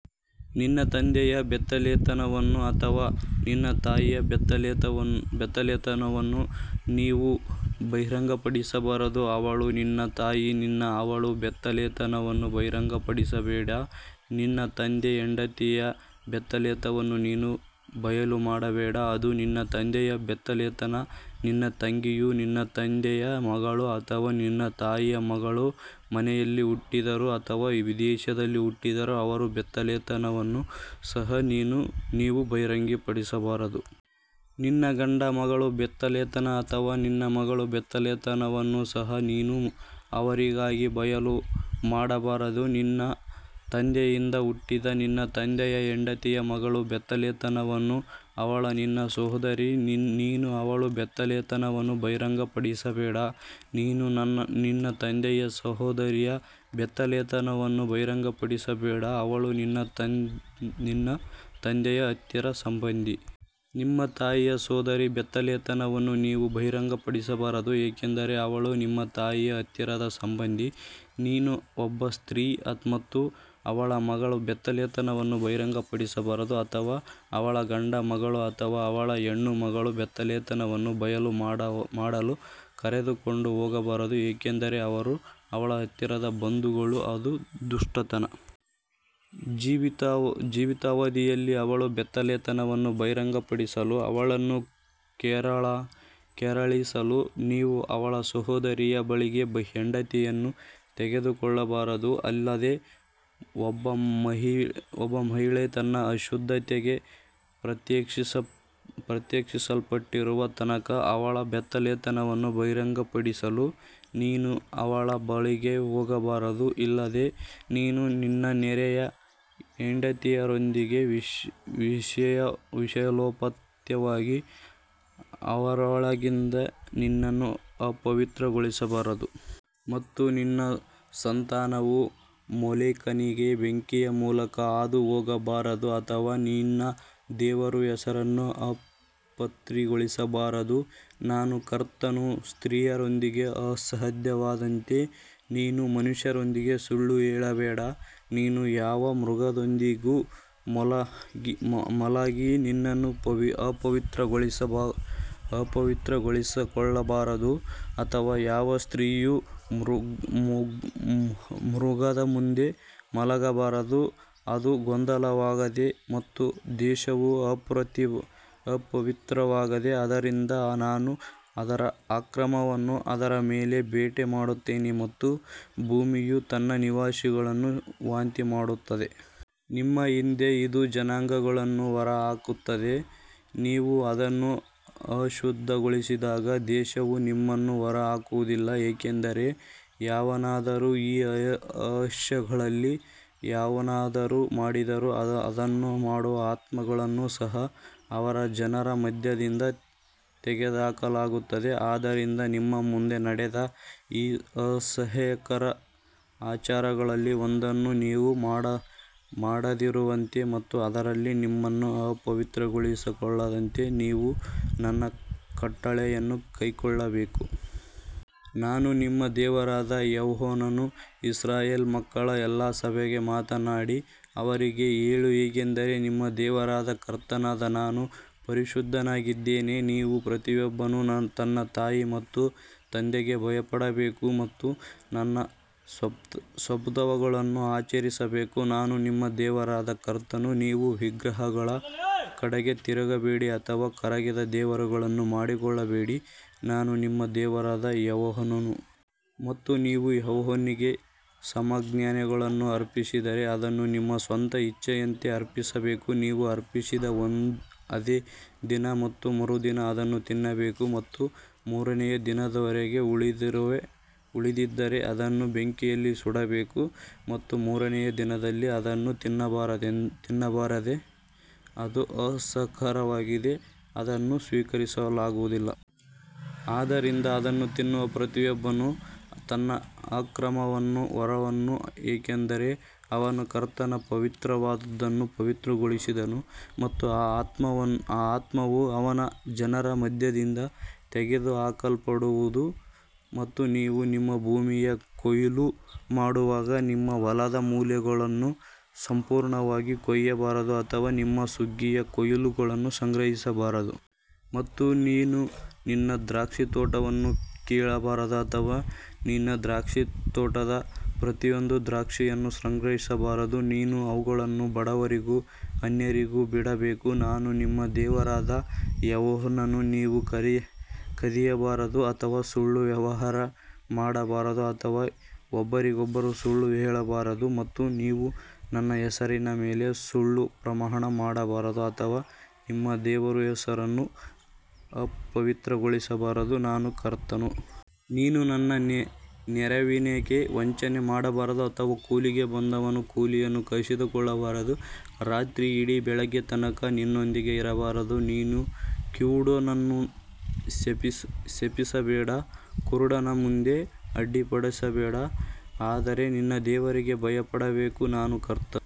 ನಿನ್ನ ತಂದೆಯ ಬೆತ್ತಲೆತನವನ್ನು ಅಥವಾ ನಿನ್ನ ತಾಯಿಯ ಬೆತ್ತಲೆತನವನ್ನು ನೀವು ಬಹಿರಂಗಪಡಿಸಬಾರದು ಅವಳು ನಿನ್ನ ತಾಯಿ ನೀನು ಅವಳ ಬೆತ್ತಲೆತನವನ್ನು ಬಹಿರಂಗಪಡಿಸಬೇಡ ನಿನ್ನ ತಂದೆಯ ಹೆಂಡತಿಯ ಬೆತ್ತಲೆತನವನ್ನು ನೀನು ಬಯಲು ಮಾಡಬೇಡ ಅದು ನಿನ್ನ ತಂದೆಯ ಬೆತ್ತಲೆತನ. ನಿನ್ನ ತಂಗಿಯು ನಿನ್ನ ತಂದೆಯ ಮಗಳು ಅಥವಾ ನಿನ್ನ ತಾಯಿಯ ಮಗಳು ಮನೆಯಲ್ಲಿ ಹುಟ್ಟಿದ್ದರೂ ಅಥವಾ ವಿದೇಶದಲ್ಲಿ ಹುಟ್ಟಿದ್ದರೂ ಅವರ ಬೆತ್ತಲೆತನವನ್ನು ಸಹ ನೀವು ಬಹಿರಂಗಪಡಿಸಬಾರದು. ನಿನ್ನ ಗಂಡು ಮಗಳ ಬೆತ್ತಲೆತನ ಅಥವಾ ನಿನ್ನ ಮಗಳ ಬೆತ್ತಲೆತನವನ್ನು ಸಹ ನೀನು ಅವರಿಗಾಗಿ ಬಯಲು ಮಾಡಬಾರದು. ನಿನ್ನ ತಂದೆಯಿಂದ ಹುಟ್ಟಿದ ನಿನ್ನ ತಂದೆಯ ಹೆಂಡತಿಯ ಮಗಳ ಬೆತ್ತಲೆತನವನ್ನು ಅವಳು ನಿನ್ನ ಸಹೋದರಿ ನೀನು ಅವಳ ಬೆತ್ತಲೆತನವನ್ನು ಬಹಿರಂಗಪಡಿಸಬೇಡ. ನೀನು ನಿನ್ನ ತಂದೆಯ ಸಹೋದರಿಯ ಬೆತ್ತಲೆತನವನ್ನು ಬಹಿರಂಗಪಡಿಸಬೇಡ ಅವಳು ನಿನ್ನ ತಂದೆಯ ಹತ್ತಿರದ ಸಂಬಂಧಿ. ನಿಮ್ಮ ತಾಯಿಯ ಸಹೋದರಿಯ ಬೆತ್ತಲೆತನವನ್ನು ನೀವು ಬಹಿರಂಗಪಡಿಸಬಾರದು ಏಕೆಂದರೆ ಅವಳು ನಿಮ್ಮ ತಾಯಿಯ ಹತ್ತಿರದ ಸಂಬಂಧಿ. ನೀನು ಒಬ್ಬ ಸ್ತ್ರೀ ಮತ್ತು ಅವಳ ಮಗಳ ಬೆತ್ತಲೆತನವನ್ನು ಬಹಿರಂಗಪಡಿಸಬಾರದು ಅಥವಾ ಅವಳ ಗಂಡು ಮಗಳು ಅಥವಾ ಅವಳ ಹೆಣ್ಣು ಮಗಳ ಬೆತ್ತಲೆತನವನ್ನು ಬಯಲು ಮಾಡಲು ಕರೆದುಕೊಂಡು ಹೋಗಬಾರದು ಏಕೆಂದರೆ ಅವರು ಅವಳ ಹತ್ತಿರದ ಬಂಧುಗಳು ಅದು ದುಷ್ಟತನ. ಜೀವಿತಾವಧಿಯಲ್ಲಿ ಅವಳ ಬೆತ್ತಲೆತನವನ್ನು ಬಹಿರಂಗಪಡಿಸಲು ಅವಳನ್ನು ಕೆರಳಿಸಲು ನೀವು ಅವಳ ಸಹೋದರಿಯ ಬಳಿಗೆ ಹೆಂಡತಿಯನ್ನು ತೆಗೆದುಕೊಳ್ಳಬಾರದು. ಅಲ್ಲದೆ ಒಬ್ಬ ಮಹಿಳೆ ತನ್ನ ಅಶುದ್ಧತೆಗೆ ಪ್ರತ್ಯೇಕಿಸಲ್ಪಟ್ಟಿರುವ ತನಕ ಅವಳ ಬೆತ್ತಲೆತನವನ್ನು ಬಹಿರಂಗಪಡಿಸಲು ನೀನು ಅವಳ ಬಳಿಗೆ ಹೋಗಬಾರದು. ಇದಲ್ಲದೆ ನೀನು ನಿನ್ನ ನೆರೆಯ ಹೆಂಡತಿಯೊಂದಿಗೆ ವಿಷಯಲೋಲುಪತೆಯಾಗಿ ಅವಳೊಂದಿಗೆ ನಿನ್ನನ್ನು ಅಪವಿತ್ರಗೊಳಿಸಬಾರದು. ಮತ್ತು ನಿನ್ನ ಸಂತಾನವು ಮೋಲೆಕನಿಗೆ ಬೆಂಕಿಯ ಮೂಲಕ ಹಾದು ಹೋಗಬಾರದು ಅಥವಾ ನಿನ್ನ ದೇವರ ಹೆಸರನ್ನು ಅಪವಿತ್ರಗೊಳಿಸಬಾರದು ನಾನು ಕರ್ತನು. ಸ್ತ್ರೀಯರೊಂದಿಗೆ ಅಸಹ್ಯವಾದಂತೆ ನೀನು ಮನುಷ್ಯರೊಂದಿಗೆ ಸುಳ್ಳು ಹೇಳಬೇಡ. ನೀನು ಯಾವ ಮೃಗದೊಂದಿಗೂ ಮಲಗಿ ನಿನ್ನನ್ನು ಅಪವಿತ್ರಗೊಳಿಸಿಕೊಳ್ಳಬಾರದು ಅಥವಾ ಯಾವ ಸ್ತ್ರೀಯು ಮೃಗದ ಮುಂದೆ ಮಲಗಬಾರದು ಅದು ಗೊಂದಲವಾಗಿದೆ ಮತ್ತು ದೇಶವು ಅಪವಿತ್ರವಾಗಿದೆ ಆದ್ದರಿಂದ ನಾನು ಅದರ ಅಕ್ರಮವನ್ನು ಅದರ ಮೇಲೆ ಭೇಟಿ ಮಾಡುತ್ತೇನೆ ಮತ್ತು ಭೂಮಿಯು ತನ್ನ ನಿವಾಸಿಗಳನ್ನು ವಾಂತಿಮಾಡುತ್ತದೆ. ನಿಮ್ಮ ಹಿಂದೆ ಇದ್ದ ಜನಾಂಗಗಳನ್ನು ಹೊರಹಾಕಿದಂತೆ ನೀವು ಅದನ್ನು ಅಶುದ್ಧಗೊಳಿಸಿದಾಗ ದೇಶವು ನಿಮ್ಮನ್ನು ಹೊರಹಾಕುವುದಿಲ್ಲ. ಯಾಕಂದರೆ ಯಾವನಾದರೂ ಈ ಅಸಹ್ಯಗಳಲ್ಲಿ ಯಾವುದನ್ನಾದರೂ ಮಾಡಿದರೂ ಅದನ್ನು ಮಾಡುವ ಆತ್ಮಗಳನ್ನು ಸಹ ಅವರ ಜನರ ಮಧ್ಯದಿಂದ ತೆಗೆದುಹಾಕಲಾಗುತ್ತದೆ. ಆದದರಿಂದ ನಿಮ್ಮ ಮುಂದೆ ನಡೆದ ಈ ಅಸಹ್ಯಕರ ಆಚಾರಗಳಲ್ಲಿ ಒಂದನ್ನೂ ನೀವು ಮಾಡದಿರುವಂತೆ ಮತ್ತು ಅದರಲ್ಲಿ ನಿಮ್ಮನ್ನು ಅಪವಿತ್ರಗೊಳಿಸಿಕೊಳ್ಳದಂತೆ ನೀವು ನನ್ನ ಕಟ್ಟಳೆಯನ್ನು ಕೈಕೊಳ್ಳಬೇಕು. ನಾನು ನಿಮ್ಮ ದೇವರಾದ ಯೆಹೋವನು. ಇಸ್ರಾಯೇಲ್ ಮಕ್ಕಳ ಎಲ್ಲಾ ಸಭೆಗೆ ಮಾತನಾಡಿ ಅವರಿಗೆ ಹೇಳು ಏಕೆಂದರೆ ನಿಮ್ಮ ದೇವರಾದ ಕರ್ತನಾದ ನಾನು ಪರಿಶುದ್ಧನಾಗಿದ್ದೇನೆ. ನೀವು ಪ್ರತಿಯೊಬ್ಬನು ತನ್ನ ತಾಯಿ ಮತ್ತು ತಂದೆಗೆ ಭಯಪಡಬೇಕು ಮತ್ತು ನನ್ನ ಸಬ್ಬತ್ಗಳನ್ನು ಆಚರಿಸಬೇಕು ನಾನು ನಿಮ್ಮ ದೇವರಾದ ಕರ್ತನು. ನೀವು ವಿಗ್ರಹಗಳ ಕಡೆಗೆ ತಿರುಗಬೇಡಿ ಅಥವಾ ಕರಗಿದ ದೇವರುಗಳನ್ನು ಮಾಡಿಕೊಳ್ಳಬೇಡಿ ನಾನು ನಿಮ್ಮ ದೇವರಾದ ಯೆಹೋವನು. ಮತ್ತು ನೀವು ಯೆಹೋವನಿಗೆ ಸಮಾಧಾನಯಜ್ಞಗಳನ್ನು ಅರ್ಪಿಸಿದರೆ ಅದನ್ನು ನಿಮ್ಮ ಸ್ವಂತ ಇಚ್ಛೆಯಂತೆ ಅರ್ಪಿಸಬೇಕು. ನೀವು ಅರ್ಪಿಸಿದ ಅದೇ ದಿನ ಮತ್ತು ಮರುದಿನ ಅದನ್ನು ತಿನ್ನಬೇಕು ಮತ್ತು ಮೂರನೆಯ ದಿನದವರೆಗೆ ಉಳಿದಿದ್ದರೆ ಅದನ್ನು ಬೆಂಕಿಯಲ್ಲಿ ಸುಡಬೇಕು. ಮತ್ತು ಮೂರನೆಯ ದಿನದಲ್ಲಿ ಅದನ್ನು ತಿನ್ನುವುದಾದರೆ ಅದು ಅಸಹ್ಯಕರವಾಗಿದ್ದರೆ ಅದನ್ನು ಸ್ವೀಕರಿಸಲಾಗುವುದಿಲ್ಲ. ಆದದರಿಂದ ಅದನ್ನು ತಿನ್ನುವ ಪ್ರತಿಯೊಬ್ಬನು ತನ್ನ ಅಕ್ರಮವನ್ನು ಹೊರುವನು ಏಕೆಂದರೆ ಅವನು ಕರ್ತನ ಪವಿತ್ರವಾದದ್ದನ್ನು ಅಪವಿತ್ರಗೊಳಿಸಿದನು ಮತ್ತು ಆ ಆತ್ಮವು ಅವನ ಜನರ ಮಧ್ಯದಿಂದ ತೆಗೆದುಹಾಕಲ್ಪಡುವದು. ಮತ್ತು ನೀವು ನಿಮ್ಮ ಭೂಮಿಯ ಕೊಯ್ಲು ಮಾಡುವಾಗ ನಿಮ್ಮ ಹೊಲದ ಮೂಲೆಗಳನ್ನು ಸಂಪೂರ್ಣವಾಗಿ ಕೊಯ್ಯಬಾರದು ಅಥವಾ ನಿಮ್ಮ ಸುಗ್ಗಿಯ ಕೊಯ್ಲುಗಳನ್ನು ಸಂಗ್ರಹಿಸಬಾರದು. ಮತ್ತು ನೀನು ನಿನ್ನ ದ್ರಾಕ್ಷಿತೋಟವನ್ನು ಕೀಳಬಾರದು ಅಥವಾ ನಿನ್ನ ದ್ರಾಕ್ಷಿತೋಟದ ಪ್ರತಿಯೊಂದು ದ್ರಾಕ್ಷಿಯನ್ನು ಸಂಗ್ರಹಿಸಬಾರದು ನೀನು ಅವುಗಳನ್ನು ಬಡವರಿಗೂ ಅನ್ಯರಿಗೂ ಬಿಡಬೇಕು ನಾನು ನಿಮ್ಮ ದೇವರಾದ ಯೆಹೋವನು. ನೀವು ಕದಿಯಬಾರದು ಅಥವಾ ಸುಳ್ಳು ವ್ಯವಹಾರ ಮಾಡಬಾರದು ಅಥವಾ ಒಬ್ಬರಿಗೊಬ್ಬರು ಸುಳ್ಳು ಹೇಳಬಾರದು. ಮತ್ತು ನೀವು ನನ್ನ ಹೆಸರಿನ ಮೇಲೆ ಸುಳ್ಳು ಪ್ರಮಾಣ ಮಾಡಬಾರದು ಅಥವಾ ನಿಮ್ಮ ದೇವರ ಹೆಸರನ್ನು ಅಪವಿತ್ರಗೊಳಿಸಬಾರದು ನಾನು ಕರ್ತನು. ನೀನು ನಿನ್ನ ನೆರೆಯವನಿಗೆ ವಂಚನೆ ಮಾಡಬಾರದು ಅಥವಾ ಕೂಲಿಗೆ ಬಂದವನ ಕೂಲಿಯನ್ನು ಕಸಿದುಕೊಳ್ಳಬಾರದು ರಾತ್ರಿಯಿಡೀ ಬೆಳಿಗ್ಗೆ ತನಕ ನಿನ್ನೊಂದಿಗೆ ಇರಬಾರದು. ನೀನು ಕಿವುಡನನ್ನು ಶಪಿಸಬೇಡ ಕುರುಡನ ಮುಂದೆ ಅಡ್ಡಿಪಡಿಸಬೇಡ ಆದರೆ ನಿನ್ನ ದೇವರಿಗೆ ಭಯಪಡಬೇಕು ನಾನು ಕರ್ತನು.